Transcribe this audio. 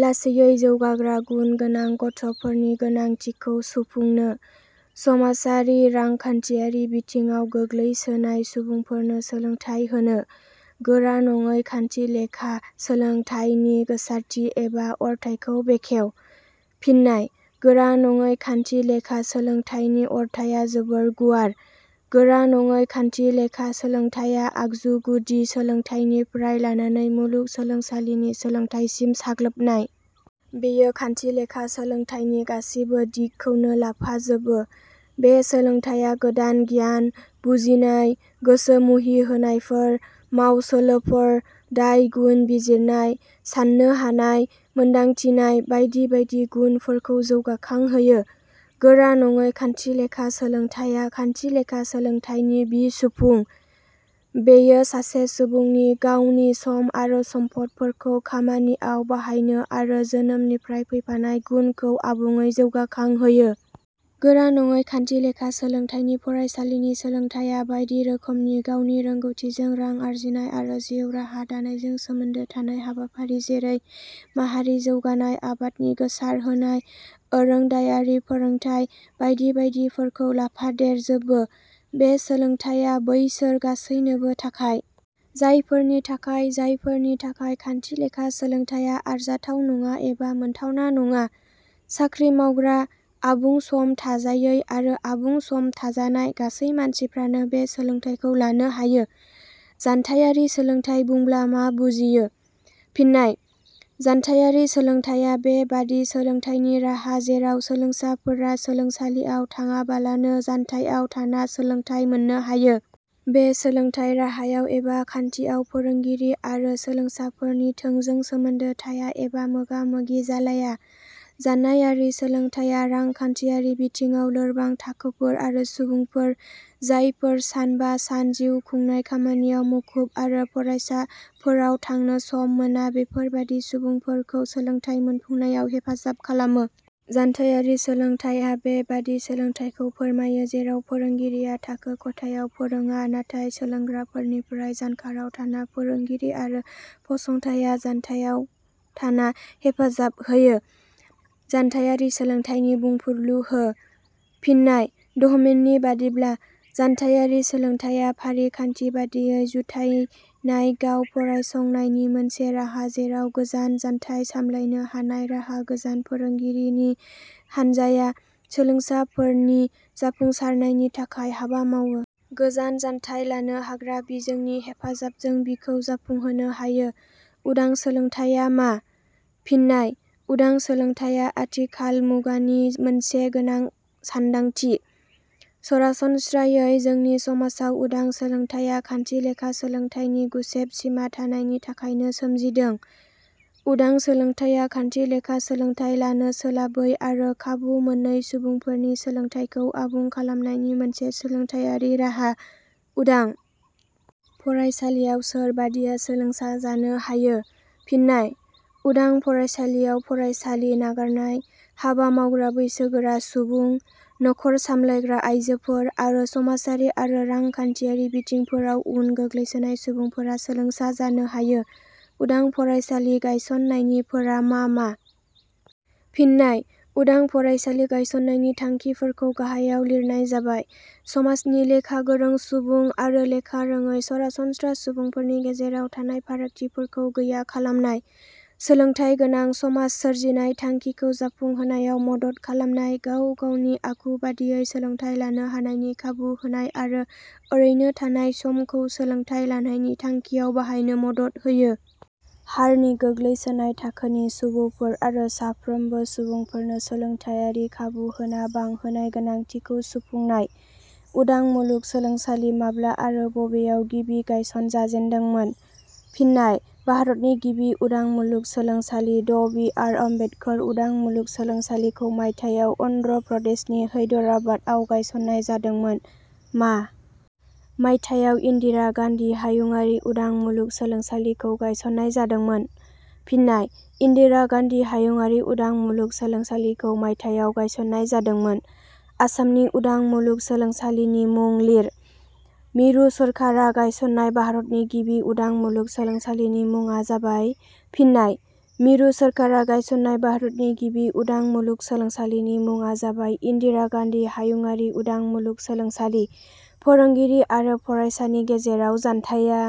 लासैयै जौगाग्रा गुनगोनां गथ'फोरनि गोनांथिखौ सुफुंनो।. समाजारि रांखान्थियारि बिथिङाव गोग्लैसोनाय सुबुंफोरनो सोलोंथाइ होनो।.गोरा नङै खान्थिलेखा सोलोंथाइनि गोसारथि एबा अरथाइखौ बेखेव। फिन्नाय: गोरा नङै खान्थिलेखा सोलोंथाइनि अरथाइया जोबोर गुवार। गोरा नङै खान्थिलेखा सोलोंथाइया आगु गुदि सोलोंथाइनिफ्राय लानानै मुलुगसोलोंसालिनि सोलोंथाइ सिम साग्लोबनाय। बेयो खान्थिलेखा सोलोंथाइनि गासिबो दिगखौनो लाफाजोबो। बे सोलोंथाइया गोदान गियान, बुजिनाय, गोसो मुहिहोनायफोर, मावसोलोफोर, दाय – गुन बिजिरनाय, साननो हानाय, मोनदांथिनाय बायदि बायदि गुबुनफोरखौ जौगाखांहोयो। गोरा नङै खान्थिलेखा सोलोंथाइया खान्थिलेखा सोलोंथाइनि बिसुफुं। बेयो सासे सुबुंनि गावनि सम आरो सम्पदफोरखौ खामानिआव बाहायनो आरो जोनोमनिफ्राय फैफानाय गुनखौ आबुङै जौगाखांहोयो। गोरा नङै खान्थिलेखा सोलोंथाइनि फरायसालिनि सोलोंथाइया बायदि रोखोमनि गावनि रोंगौथिजों रां आरजिनाय आरो जिउ राहा दानायजों सोमोन्दो थानाय हाबाफारि जेरै माहारि जौगानाय आबादनि गोसारहोनाय, आरोंदायारि फोरोंथाइ बायदि बायदिफोरखौ लाफादेर जोबो। बे सोलोंथाइया बैसोर गासैनोबो थाखाय। जायफोरनि थाखाय जायफोरनि थाखाय खान्थिलेखा सोलोंथाइया आरजाथाव नङा एबा मोनथावना नङा। साख्रि मावग्रा, आबुं सम थाजायै आरो आबुं सम थाजानाय गासै मानसिफ्रानो बे सोलोंथाइखौ लानो हायो।. जानथाइयारि सोलोंथाइ बुंब्ला मा बुजियो? फिन्नाय: जानथाइयारि सोलोंथाइया बे बादि सोलोंथाइनि राहा जेराव सोलोंसाफोरा सोलोंसालियाव थांआबालानो जानथाइयाव थाना सोलोंथाइ मोननो हायो। बे सोलोंथाइ राहायाव एबा खान्थियाव फोरोंगिरि आरो सोलोंसाफोरनि थोंजों सोमोन्दो थाया एबा मोगा मोगि जालाया। जानायाइयारि सोलोंथाइया रांखान्थियारि बिथिङाव लोरबां थाखोफोर आरो सुबुंफोर, जायफोर सान बा सान जिउखुंनाय खामानियाव मुखुब आरो फरायसाफोराव थांनो सम मोना बेफोरबादि सुबुंफोरखौ सोलोंथाइ मोनफुंनायाव हेफाजाब खालामो। जानथाइयारि सोलोंथाइया बे बादि सोलोंथाइखौ फोरमायो जेराव फोरोंगिरिया थाखो खथायाव फोरोंआ, नाथाय सोलोंग्राफोरनिफ्राय जानखाराव थाना फोरोंगिरि आरो फसंथाइया जानथाइयाव थाना हेफाजाब होयो।.जानथाइयारि सोलोंथाइनि बुंफुरलु हो। फिन्नाय: दहमेन नि बादिब्ला, " जानथाइयारि सोलोंथाइया फारिखान्थि बादियै जुथायनाय गाव फरायसंनायनि मोनसे राहा जेराव गोजान जानथाइ सामलायनो हानाय राहा गोजान फोरोंगिरिनि हानजाया सोलोंसाफोरनि जाफुंसारनायनि थाखाय हाबा मावो। गोजान जानथाइ लानो हाग्रा बिजोंनि हेफाजाबजों बिखौ जाफुंहोनो हायो। ".उदां सोलोंथाइया मा? फिन्नाय: उदां सोलोंथाइया आथिखालनि मुगानि मोनसे गोनां सान्दांथि। सरासनस्रायै जोंनि समाजाव उदां सोलोंथाइया खान्थिलेखा सोलोंथाइनि गुसेब सिमा थानायनि थाखायनो सोमजिदों। उदां सोलोंथाइया खान्थिलेखा सोलोंथाइ लानो सोलाबै आरो खाबु मोनै सुबुंफोरनि सोलोंथाइखौ आबुं खालामनायनि मोनसे सोलोंथाइयारि राहा।.उदां फरायसालियाव सोरबादिया सोलोंसा जानो हायो? फिन्नाय: उदां फरायसालियाव फरायसालि नागारनाय, हाबा मावग्रा बैसोगोरा सुबुं, नख 'र सामलायग्रा आइजोफोर आरो समाजारि आरो रांखान्थियारि बिथिंफोराव उन गोग्लैसोनाय सुबुंफोरा सोलोंसा जानो हायो।. उदां फरायसालि गायसननायनि फोरा मा मा? फिन्नाय :उदां फरायसालि गायसननायनि थांखिफोरखौ गाहायाव लिरनाय जाबाय:. समाजनि लेखा गोरों सुबुं आरो लेखा रोङै सरासनस्रा सुबुंफोरनि गेजेराव थानाय फारागथिफोरखौ गैया खालामनाय।. सोलोंथाइ गोनां समास सोरजिनाय थांखिखौ जाफुंहोनायाव मदद खालामनाय. गाव गावनि आखु बादियै सोलोंथाइ लानो हानायनि खाबु होनाय आरो ओरैनो थानाय समखौ सोलोंथाइ लानायनि थांखियाव बाहायनो मदद होयो।. हारनि गोग्लैसोनाय थाखोनि सुबुफोर आरो साफ्रोमबो सुबुंफोरनो सोलोंथाइयारि खाबुहोना बांबोनाय गोनांथिखौ सुफुंनाय।.उदां मुलुगसोलोंसालि माब्ला आरो बबेयाव गिबि गायसन जाजेनदोंमोन? फिन्नाय: भारतनि गिबि उदां मुलुगसोलोंसालि ड बि. आर. आम्बेदकार उदां मुलुगसोलोंसालिखौ मायथाइयाव अन्ध्र प्रदेशनि हैदराबादआव गायसननाय जादोंमोन।.मा मायथाइयाव इन्दिरा गान्धी हायुंङारि उदां मुलुगसोलोंसालिखौ गायसंनाय जादोंमोन? फिन्नाय: इन्दिरा गान्धी हायुंङारि उदां मुलुगसोलोंसालिखौ मायथाइयाव गायसननाय जादोंमोन।.आसामनि उदां मुलुगसोलोंसालिनि मुं लिर।.मिरु सोरखारा गायसननाय भारतनि गिबि उदां मुलुगसोलोंसालिनि मुंङा जाबाय………. फिन्नाय: मिरु सोरखारा गायसननाय भारतनि गिबि उदां मुलुगसोलोंसालिनि मुंङा जाबाय इन्दिरा गान्धी हायुंङारि उदां मुलुगसोलोंसालि।.फोरोंगिरि आरो फरायसानि गेजेराव जानथाइया……